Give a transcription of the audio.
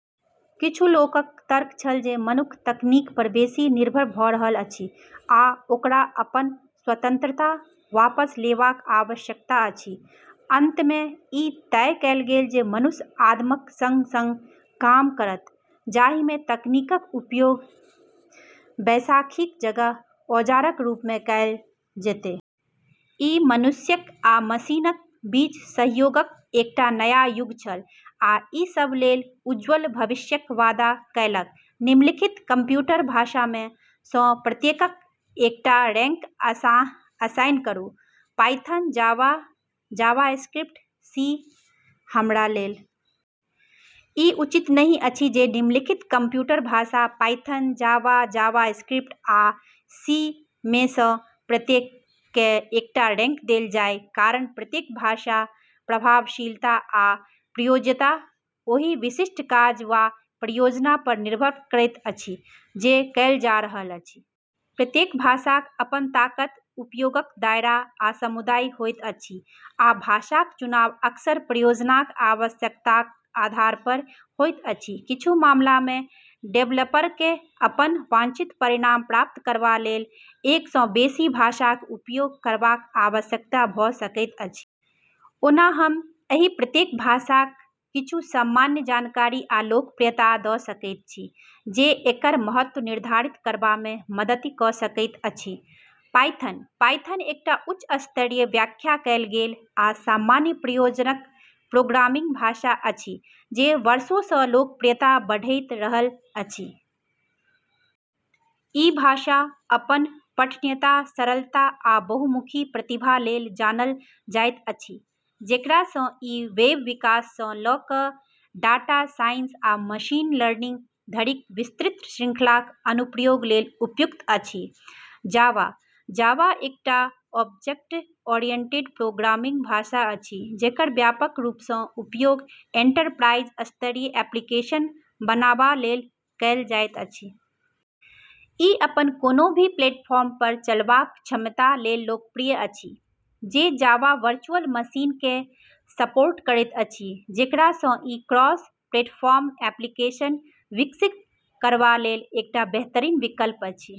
किछु लोकक तर्क छल जे मनुख तकनीक पर बेसी निर्भर भ’ रहल अछि, आ ओकरा अपन स्वतंत्रता वापस लेबाक आवश्यकता अछि। अंतमे ई तय कएल गेल जे मनुष्य आदमक संग-संग काम करत, जाहिमे तकनीकक उपयोग बैसाखीक जगह औजारक रूपमे कएल जेतै। ई मनुष्य आ मशीनक बीच सहयोगक एकटा नया युग छल, आ ई सभ लेल उज्ज्वल भविष्यक वादा कएलक। निम्नलिखित कंप्यूटर भाषामे सँ प्रत्येककेँ एकटा रैंक असाइन करू: पायथन, जावा, जावास्क्रिप्ट, सी। हमरा लेल ई उचित नहि अछि जे निम्नलिखित कंप्यूटर भाषा - पायथन, जावा, जावास्क्रिप्ट, आ सी - मे सँ प्रत्येककेँ एकटा रैंक देल जाय कारण प्रत्येक भाषाक प्रभावशीलता आ प्रयोज्यता ओहि विशिष्ट काज वा परियोजना पर निर्भर करैत अछि जे कएल जा रहल अछि। प्रत्येक भाषाक अपन ताकत, उपयोगक दायरा, आ समुदाय होइत अछि, आ भाषाक चुनाव अक्सर परियोजनाक आवश्यकताक आधार पर होइत अछि। किछु मामलामे डेवलपरकेँ अपन वांछित परिणाम प्राप्त करबा लेल एक सँ बेसी भाषाक उपयोग करबाक आवश्यकता भ’ सकैत अछि। ओना हम एहि प्रत्येक भाषाक किछु सामान्य जानकारी आ लोकप्रियता द’ सकैत छी, जे एकर महत्व निर्धारित करबामे मदति क’ सकैत अछि। पायथन: पायथन एकटा उच्च स्तरीय, व्याख्या कएल गेल आ सामान्य प्रयोजनक प्रोग्रामिंग भाषा अछि जे वर्षों सँ लोकप्रियता बढ़ैत रहल अछि। ई भाषा अपन पठनीयता, सरलता, आ बहुमुखी प्रतिभा लेल जानल जाइत अछि, जेकरा सँ ई वेब विकास सँ ल’ क’ डाटा साइंस आ मशीन लर्निंग धरिक विस्तृत श्रृंखलाक अनुप्रयोग लेल उपयुक्त अछि। जावा: जावा एकटा ऑब्जेक्ट-ओरिएंटेड प्रोग्रामिंग भाषा अछि जेकर व्यापक रूप सँ उपयोग एंटरप्राइज-स्तरीय एप्लीकेशन बनाबा लेल कएल जाइत अछि। ई अपन कोनो भी प्लेटफॉर्म पर चलबाक क्षमता लेल लोकप्रिय अछि जे जावा वर्चुअल मशीनकेँ सपोर्ट करैत अछि, जेकरा सँ ई क्रॉस-प्लेटफॉर्म एप्लीकेशन विकसित करबा लेल एकटा बेहतरीन विकल्प अछि।